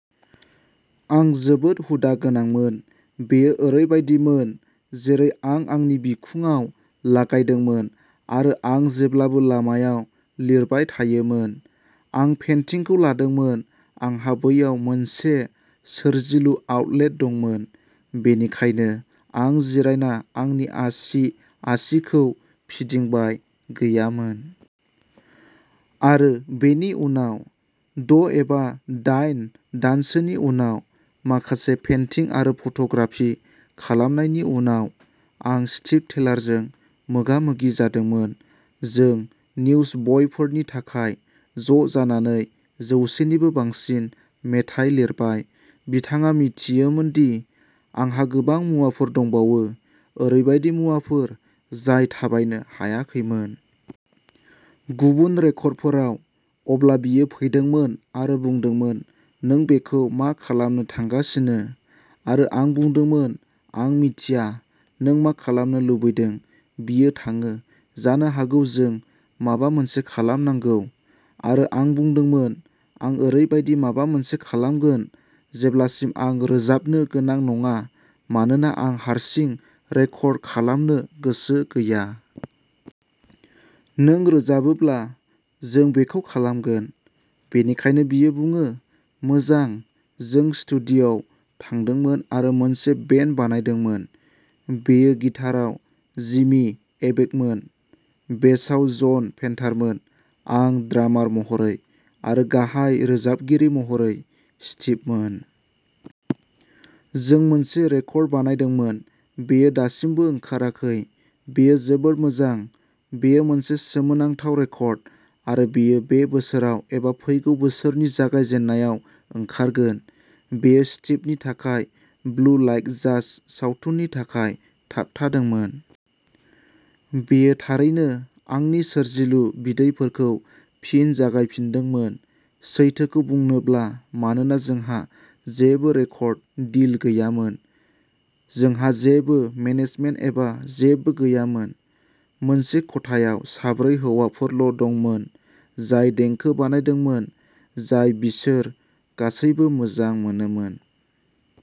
आं जोबोद हुदा गोनांमोन। बेयो ओरैबायदिमोन जेरै आं आंनि बिखुङाव लागायदोंमोन आरो आं जेब्लाबो लामायाव लिरबाय थायोमोन। आं पेन्टिंखौ लादोंमोन। आंहा बैयाव मोनसे सोरजिलु आउटलेट दंमोन, बेनिखायनो आं जिरायना आंनि आसि-आसिखौ फिदिंबाय गैयामोन। आरो बेनि उनाव, द'एबा दाइन दानसोनि उनाव, माखासे पेन्टिं आरो फट'ग्राफि खालामनायनि उनाव, आं स्टिभ टेलारजों मोगामोगि जादोंमोन। जों निउजब'यफोरनि थाखाय ज'जानानै जौसेनिबो बांसिन मेथाइ लिरबाय। बिथाङा मिथियोमोन दि आंहा गोबां मुवाफोर दंबावो, ओरैबायदि मुवाफोर जाय थाबायनो हायाखैमोन। गुबुन रेकर्डफोराव। अब्ला बियो फैदोंमोन आरो बुंदोंमोन, "नों बेखौ मा खालामनो थांगासिनो? " आरो आं बुंदोंमोन, "आं मिथिया? नों मा खालामनो लुबैदों? " बियो थाङो, "जानो हागौ जों माबा मोनसे खालामनांगौ" आरो आं बुंदोंमोन, "आं ओरैबायदि माबा मोनसे खालामगोन जेब्लासिम आं रोजाबनो गोनां नङा मानोना आं हारसिं रेकर्ड खालामनो गोसो गैया। नों रोजायोब्ला, जों बेखौ खालामगोन। " बेनिखायनो बियो बुङो, "मोजां। " जों स्टुडिय'आव थांदोंमोन आरो मोनसे बेन्ड बानायदोंमोन। बेयो गिटाराव जिमि एबेगमोन, बेसआव जन पेन्टारमोन, आं ड्रामार महरै आरो गाहाय रोजाबगिरि महरै स्टिभमोन। जों मोनसे रेकर्ड बानायदोंमोन। बेयो दासिमबो ओंखाराखै। बेयो जोबोद मोजां। बेयो मोनसे सोमोनांथाव रेकर्ड आरो बेयो बे बोसोराव एबा फैगौ बोसोरनि जागायजेन्नायाव ओंखारगोन। बेयो स्टिभ नि थाखाय ब्लु लाइक जाज सावथुननि थाखाय थाबथादोंमोन। बेयो थारैनो आंनि सोरजिलु बिदैफोरखौ फिन जागायफिनदोंमोन, सैथोखौ बुंनोब्ला, मानोना जोंहा जेबो रेकर्ड डिल गैयामोन, जोंहा जेबो मेनेजमेन्ट एबा जेबो गैयामोन। मोनसे खथायाव साब्रै हौवाफोरल'दंमोन, जाय देंखो बानायदोंमोन, जाय बिसोर गासैबो मोजां मोनोमोन।